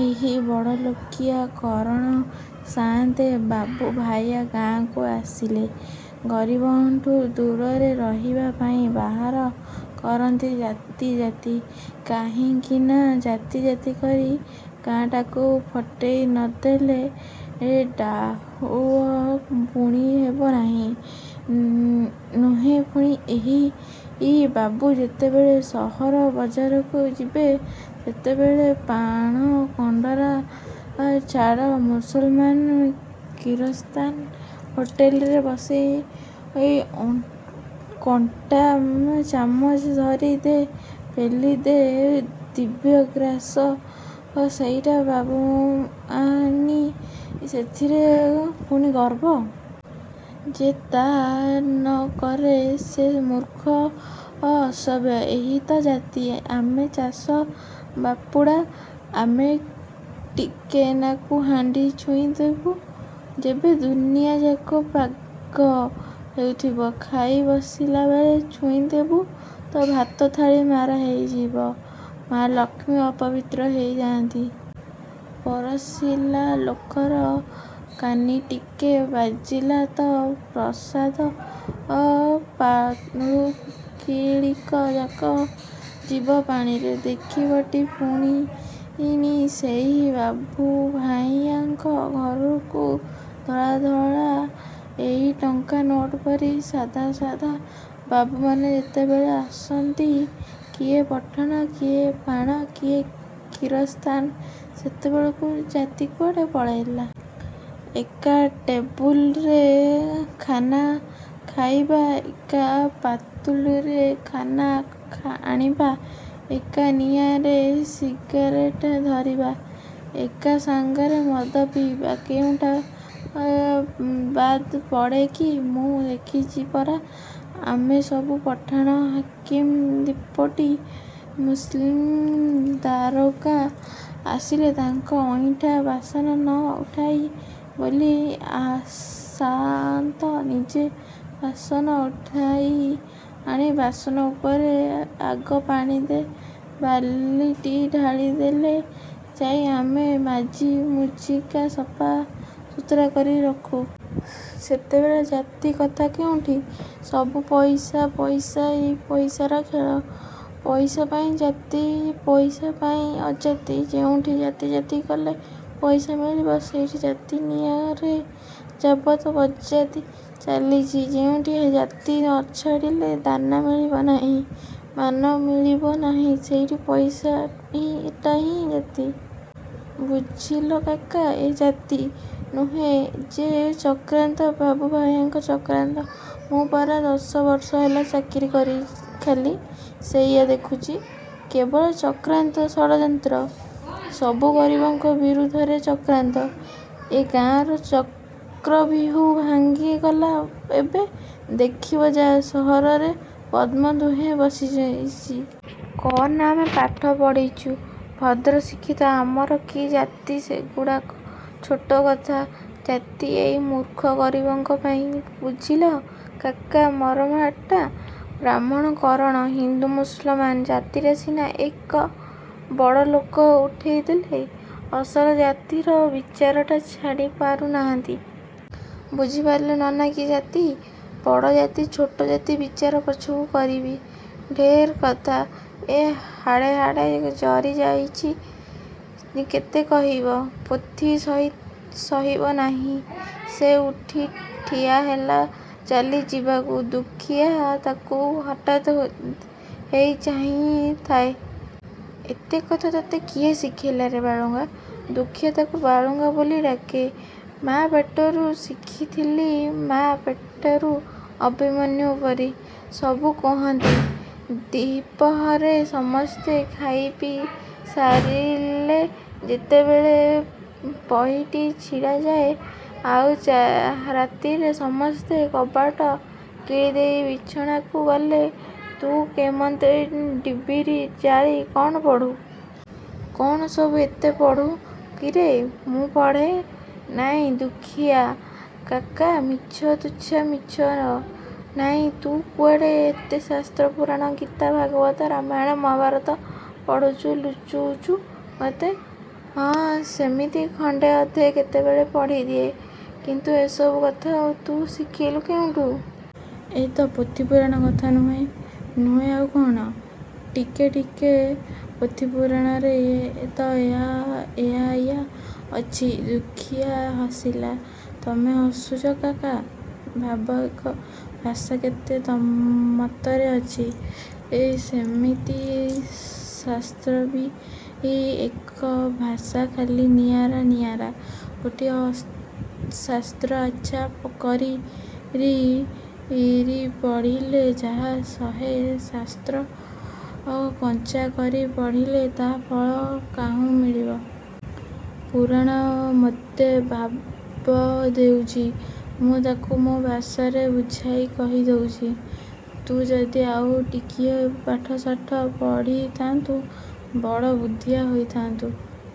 ଏଇ ବଡ଼ଲୋକିଆ, କରଣ ସାଆନ୍ତେ, ବାବୁଭାୟା ଗାଁକୁ ଆସିଲେ, ଗରିବଙ୍କଠୁ ଦୂରରେ ରହିବାପାଇଁ ବାହାର କରନ୍ତି ଜାତି ଜାତି। କାହିଁକିନା, ଜାତି ଜାତି କରି ଗାଁଟାକୁ ଫଟେଇ ନଦେଲେ ଡାଳୁଅ ବୁଣିହେବ ନାହିଁ। ନୁହେଁ ପୁଣି ଏଇ ବାବୁ ଯେତେବେଳେ ସହର ବଜାରକୁ ଯିବେ ସେତେବେଳେ ପାଣକଣ୍ଡରା ଛାଡ଼, ମୁସଲମାନ କିରସ୍ତାନ ହୋଟଲରେ ବସି କଣ୍ଟା ଚାମଚ ଧରି ଦେ' ପେଲି ଦେ ଦିବ୍ୟଗ୍ରାସ ସେଇଟା ବାବୁଆନି ସେଥିରେ ପୁଣି ଗର୍ବ। ଯେ ତା' ନକରେ ସେ ମୂର୍ଖ ଅସଭ୍ୟ। ଏଇ ତ ଜାତି? ଆମେ ଚଷା ବାପୁଡ଼ା, ଆମେ ଟିକେନାକୁ ହାଣ୍ଡି ଛୁଇଁ ଦେବୁ ଯେବେ ଦୁନିଆଯାକ ପାଗ ହେଉଥିବ ଖାଇ ବସିବାବେଳେ ଛୁଇଁଦେବୁ ତ ଭାତ ଥାଳି ମାରା ହେଇଯିବ ମା ଲକ୍ଷ୍ମୀ ଅପବିତ୍ର ହେଇ ଯାଆନ୍ତି। ପରଷିଲା ଲୋକର କାନିଟିକେ ବାଜିଲା ତ ପ୍ରସାଦ ପାତୁଳିକଯାଇ ଯିବ ପାଣିରେ। ଦେଖିବଟି ପୁଣି ସେଇ ବାବୁଭାୟାଙ୍କ ଘରକୁ ଧଳା-ଧଳା ଏଇ ଟଙ୍କା ନୋଟ ପରି ସାଦା ସାଦା ବାବୁମାନେ ଯେତେବେଳେ ଆସନ୍ତି, କିଏ ପଠାଣ, କିଏ ପାଣ, କିଏ କିରସ୍ତାନ, ସେତେବେଳକୁ ଜାତି କୁଆଡ଼େ ପଳାଏ। ଏକା ଟେବୁଲରେ ଖାନା ଖାଇବା, ଏକା ପାତୁଲିରୁ ଖାନା ଆଣିବା, ଏକା ନିଆଁରେ ସିଗାରେଟ ଧରିବା, ଏକା ସାଙ୍ଗରେ ମଦ ପିଇବା କେଉଁଟା ବାଦ୍ ପଡ଼େ କି? ମୁଁ ଦେଖିଛି ପରା? ଆମେ ସବୁ ପଠାଣ ହାକିମ ଦିପଟି ମୁନ୍ସି ଦାରୋଗା ଆସିଲେ ତାଙ୍କ ଅଇଁଠା ବାସନ ନ ଉଠଉ ବୋଲି ସାଆନ୍ତ ନିଜେ ବାସନ ଉଠେଇ ଆଣି ବାସନ ଉପରେ ଆଗ ପାଣି ଦି' ବାଲଟି ଢାଳିଦେଲେ ଯାଇ ଆମେ ମାଜି ମୁଜାକି ସଫା ସୁତୁରା କରି ରଖୁ। ସେତେବେଳେ ଜାତି କଥା କେଉଁଠି? ସବୁ ପଇସା ପଇସା ଏଇ ପଇସାର ଖେଳ। ପଇସାପାଇଁ ଜାତି ପଇସାପାଇଁବି ଅଜାତି। ଯେଉଁଠି ଜାତି ଜାତି କଲେ ପଇସା ମିଳିବ, ସେଠି ଜାତି ନାଆଁରେ ଯାବତ୍ ବଜ୍ଜାତି ଚାଲିଛି। ଯେଉଁଠି ଜାତି ନଛାଡ଼ିଲେ ଦାନା ମିଳିବ ନାହିଁ, ମାନ ମିଳିବ ନାହିଁ ସେଠି ପଇସାଟାଇ ଜାତି। ବୁଝିଲ କାକା। ଏ ଜାତି। ନୁହେଁ ଯେ ଚକ୍ରାନ୍ତ ବାବୁଭାୟାଙ୍କ ଚକ୍ରାନ୍ତ ମୁଁ ପରା ଦଶବର୍ଷ ହେଲା ଚାକିରି କରି ଖାଲି ସେଇଆ ଦେଖୁଚି। କେବଳ ଚକ୍ରାନ୍ତ ଷଡ଼ଯନ୍ତ୍ର। ସବୁ ଗରିବଙ୍କ ବିରୁଦ୍ଧରେ ଚକ୍ରାନ୍ତ। ଏ ଗାଁର ଚକ୍ରବ୍ୟୂହ ଭାଙ୍ଗିଗଲା ଏବେ ଦେଖିବ ଯା ସହରରେ ପଦ୍ମବ୍ୟୂହ ବସିଚି। କ'ଣ ନା ଆମେ ପାଠ ପଢ଼ିଛୁ ଭଦ୍ର ଶିକ୍ଷିତ ଆମର କି ଜାତି ସେଗୁଡ଼ାକ ଛୋଟ କଥା। ଜାତି ଏଇ ମୂର୍ଖ ଗରିବଙ୍କ ପାଇଁ। ବୁଝିଲ କାକା ମରମଟା? ବ୍ରାହ୍ମଣ କରଣ, ହିନ୍ଦୁ ମୁସଲମାନ ଜାତିଟା ସିନା ଏ ବଡ଼ଲୋକ ଉଠେଇଦେଲେ ଅସଲ ଜାତିର ବିଚାରଟା ଛାଡ଼ି ପାରୁ ନାହାନ୍ତି। ବୁଝି ପାରୁଚ ନନା କି ଜାତି? ବଡ଼ ଜାତି ଛୋଟ ଜାତି ବିଚାର ପଛକୁ କହିବି, ଢେର୍ କଥା। ଏ ହାଡ଼େ ହାଡ଼େ ଜରି ଯାଉଛି କେତେ କହିବ? ପୋଥି ସରିବ ନାହିଁ। ସେ ଉଠି ଠିଆହେଲା ଚାଲି ଯିବାକୁ। ଦୁଃଖୀଆ ତାକୁ ତାଟକା ହେଇ ଚାହିଁ ଥାଏ। ଏତେ କଥା ତୋତେ କିଏ ଶିକେଇଲାରେ ବାଳୁଙ୍ଗା? ଦୁଃଖୀଆ ତାକୁ ବାଳୁଙ୍ଗା ବୋଲି ଡାକେ। ମା ପେଟରୁ ଶିଖିଥିଲି ମା ପେଟରୁ ଅଭିମନ୍ୟୁ ପରି। ସବୁ କହନ୍ତି, ଦିପହରେ ସମସ୍ତେ ଖାଇପିଇ ସାରିଲେ ଯେତେବେଳେ ପାଇଟି ଛିଡ଼ିଯାଏଁ, ଆଉ ରାତିରେ ସମସ୍ତେ କବାଟ କିଳିଦେଇ ବିଛଣାକୁ ଗଲେ ତୁ କେମନ୍ତେ ଡିବିରି ଜାଳି କ'ଣ ପଢ଼ୁ। କ'ଣ ସବୁ ଏତେ ପଢ଼ୁ କିରେ ମୁଁ ପଢ଼େ? ନାଇଁ ଦୁଃଖୀଆ କାକା ମିଛ ତୁଚ୍ଛା ମିଛ। ନାଇଁ, ତୁ କୁଆଡ଼େ କେତେ ଶାସ୍ତ୍ର ପୁରାଣ, ଗୀତା ଭାଗବତ, ରାମାୟଣ ମହାଭାରତ ପଢ଼ୁଛୁ। ଲୁଚଉଚୁ ମତେ।”ହଁ ସେମିତି ଖଣ୍ଡେ ଅଧେ କେତେବେଳେ ପଢ଼ିଦିଏ। କିନ୍ତୁ ଏସବୁ କଥା ତୁ ଶିଖିଲୁ କେଉଁଠୁ? ଏ ତ ପୋଥିପୁରାଣ କଥା ନୁହେଁ।”ନୁହେଁ ଆଉ କ'ଣ। ଠିକେଠିକେ ପୋଥିପୁରାଣରେ ତ ଏଇୟା ଅଛି। ଦୁଃଖୀଆ ହସିଲା। ତମେ ହସୁଛ କାକା? ଭାବ ଏକ ଭାଷା କେତେ ମତରେ ଅଛି। ସେମିତି ଶାସ୍ତ୍ରବି ଏକ ଭାଷା ଖାଲି ନିଆରା ନିଆରା। ଗୋଟିଏ ଶାସ୍ତ୍ର ଆଚ୍ଛା କରି ପଢ଼ିଲେ ଯାହା ଶହେ ଶାସ୍ତ୍ର କଞ୍ଚା କରି ପଢ଼ିଲେ ତା' ଫଳ କାହୁଁ ମିଳିବ? ପୁରାଣ ମୋତେ ଭାବ ଦେଇଛି। ମୁଁ ତାକୁ ମୋ ଭାଷାରେ ବୁଝାଇ କହି ଦଉଚି। ତୁ ଯଦି ଆଉ ଟିକିଏ ପାଠଶାଠ ପଢ଼ିଥାନ୍ତୁ ବଡ଼ ବୁଦ୍ଧିଆ ହୋଇଥାନ୍ତୁ।